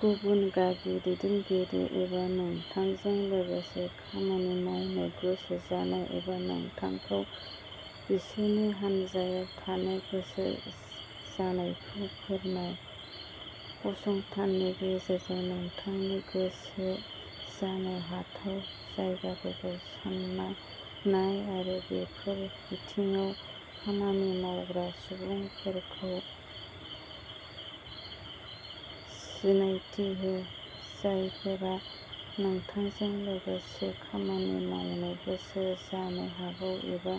गुबुन गागि दैदेनगिरि एबा नोंथांजों लोगोसे खामानि मावनो गोसो जानाय एबा नोंथांखौ बिसोरनि हान्जायाव थानो गोसो जानायखौ फोरमाय। फसंथाननि गेजेरजों नोंथांनो गोसो जानो हाथाव जायगाफोरखौ सानना नाय आरो बेफोर बिथिङाव खामानि मावग्रा सुबुंफोरखौ सिनायथि हो, जायफोरा नोंथांजों लोगोसे खामानि मावनो गोसो जानो हागौ एबा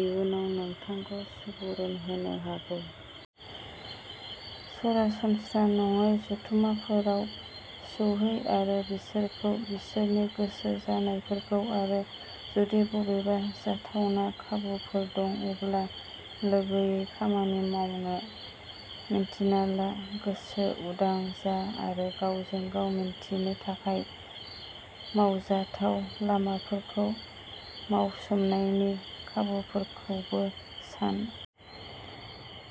इयुनाव नोंथांखौ सुबुरुन होनो हागौ। सरासनस्रा नङि जथुमफोराव सौहै आरो बिसोरखौ, बिसोरनि गोसो जानायफोरखौ आरो जुदि बबेबा जाथावना खाबुफोर दं, अब्ला लोगोयै खामानि मावनो मिन्थिना ला। गोसो उदां जा आरो गावजों गाव मिन्थिनो थाखाय मावजाथाव लामाफोरखौ मावसोमनायनि खाबुफोरखौबो सान।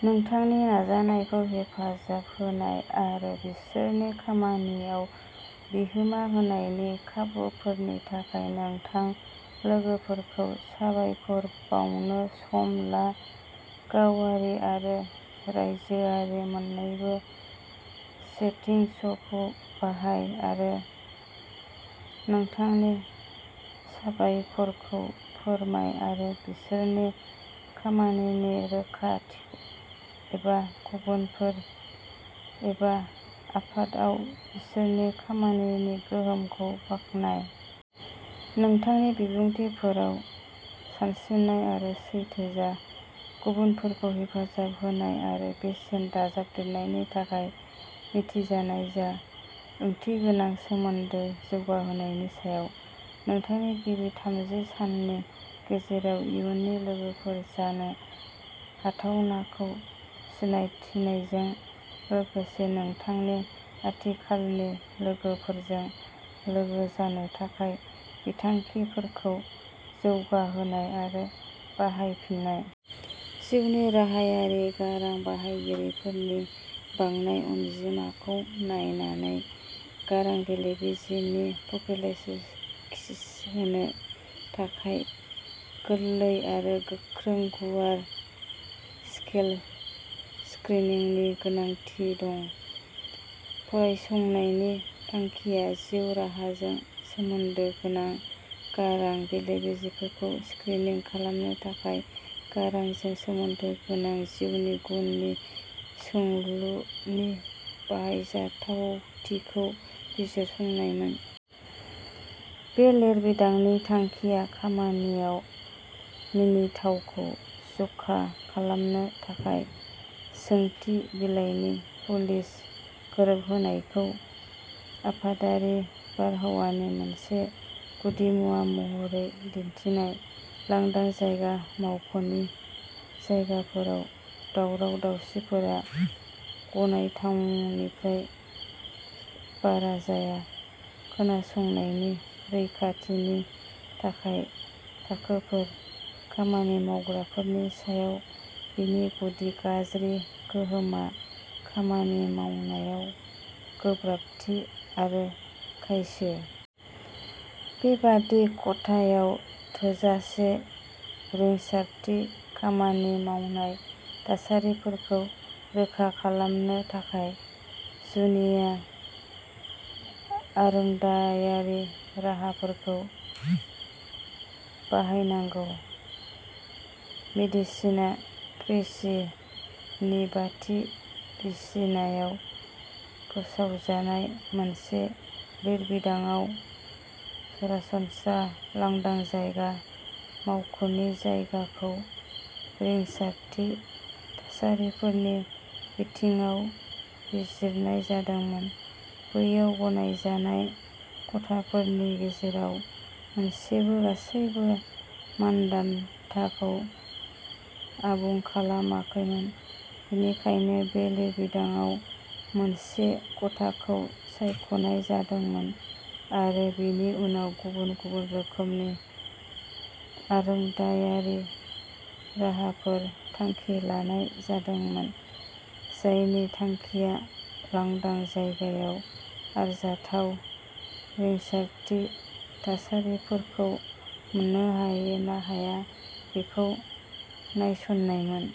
नोंथांनि नाजानायखौ हेफाजाब होनाय आरो बिसोरनि खामानियाव बिहोमा होनायनि खाबुफोरनि थाखाय नोंथां लोगोफोरखौ साबायखर बावनो सम ला। गावारि आरो रायजोआरि मोननैबो सेटिंसखौ बाहाय आरो नोंथांनि साबायखरखौ फोरमाय आरो बिसोरनि खामानिनि रोखाथि एबा गुबुनफोर एबा आफादआव बिसोरनि खामानिनि गोहोमखौ बाख्नाय। नोंथांनि बिबुंथिफोराव सानस्रिनाय आरो सैथो जा। गुबुनफोरखौ हेफाजाब होनाय आरो बेसेन दाजाबदेरनायनि थाखाय मिथिजानाय जा। ओंथिगोनां सोमोन्दो जौगाहोनायनि सायाव। नोंथांनि गिबि थामजि साननि गेजेराव, इयुननि लोगोफोर जानो हाथावनाखौ सिनायथिनायजों लोगोसे नोंथांनि आथिखालनि लोगोफोरजों लोगो जानो थाखाय बिथांखिफोरखौ जौगाहोनाय आरो बाहायफिननाय। जिउ राहायारि गारां बाहायगिरिफोरनि बांनाय अनजिमाखौ नायनानै, गारां बेले-बेजेफोरनि प्रफिलेक्सिस होनो थाखाय गोरलै आरो गोख्रै गुवार-स्केल स्क्रिनिंनि गोनांथि दं। फरायसंनायनि थांखिया जिउ राहाजों सोमोन्दो गोनां गारां बेले-बेजेफोरखौ स्क्रिनिं खालामनो थाखाय गारांजों सोमोन्दो गोनां जिउनि गुननि सोंलुनि बाहायजाथावथिखौ बिजिरसंनायमोन। बे लिरबिदांनि थांखिया खामानिआव मिनिथावखौ जखा खालामनो थाखाय सोंथि बिलाइनि पलिश गोरोबहोनायखौ आफादारि बारहावानि मोनसे गुदिमुवा महरै दिन्थिनाय। लांदां जायगा मावख'नि जायगाफोराव दावराव-दावसिफोरा गनायथावनिफ्राय बारा जाया। खोनासंनायनि रैखाथिनि थाखाय थाखोफोर। खामानि मावग्राफोरनि सायाव बेनि गुदि गाज्रि गोहोमआ खामानि मावनायाव गोब्राबथि आरो खायसो। बेबादि खथायाव थोजासे रिंसारथि खामानि मावनाय थासारिफोरखौ रोखा खालामनो थाखाय, जुनिया आरोंदायारि राहाफोरखौ बाहायनांगौ। "मेडिसिना प्रेसि" नि बाथि बिसियाव फोसावजानाय मोनसे लिरबिदांआव, सरासनस्रा लांदां जायगा मावख'नि जायगाखौ रिंसारथि थासारिफोरनि बिथिङाव बिजिरनाय जादोंमोन। बैयाव गनायजानाय खथाफोरनि गेजेराव मोनसेबो गासैबो मानदान्दाखौ आबुं खालामाखैमोन, बेनिखायनो बे लिरबिदांआव मोनसे खथाखौ सायख'नाय जादोंमोन आरो बेनि उनाव गुबुन गुबुन रोखोमनि आरोंदायारि राहाफोर थांखि लानाय जादोंमोन, जायनि थांखिया लांदां जायगायाव आरजाथाव रिंसारथि थासारिफोरखौ मोन्नो हायो ना हाया बेखौ नायसंनायमोन।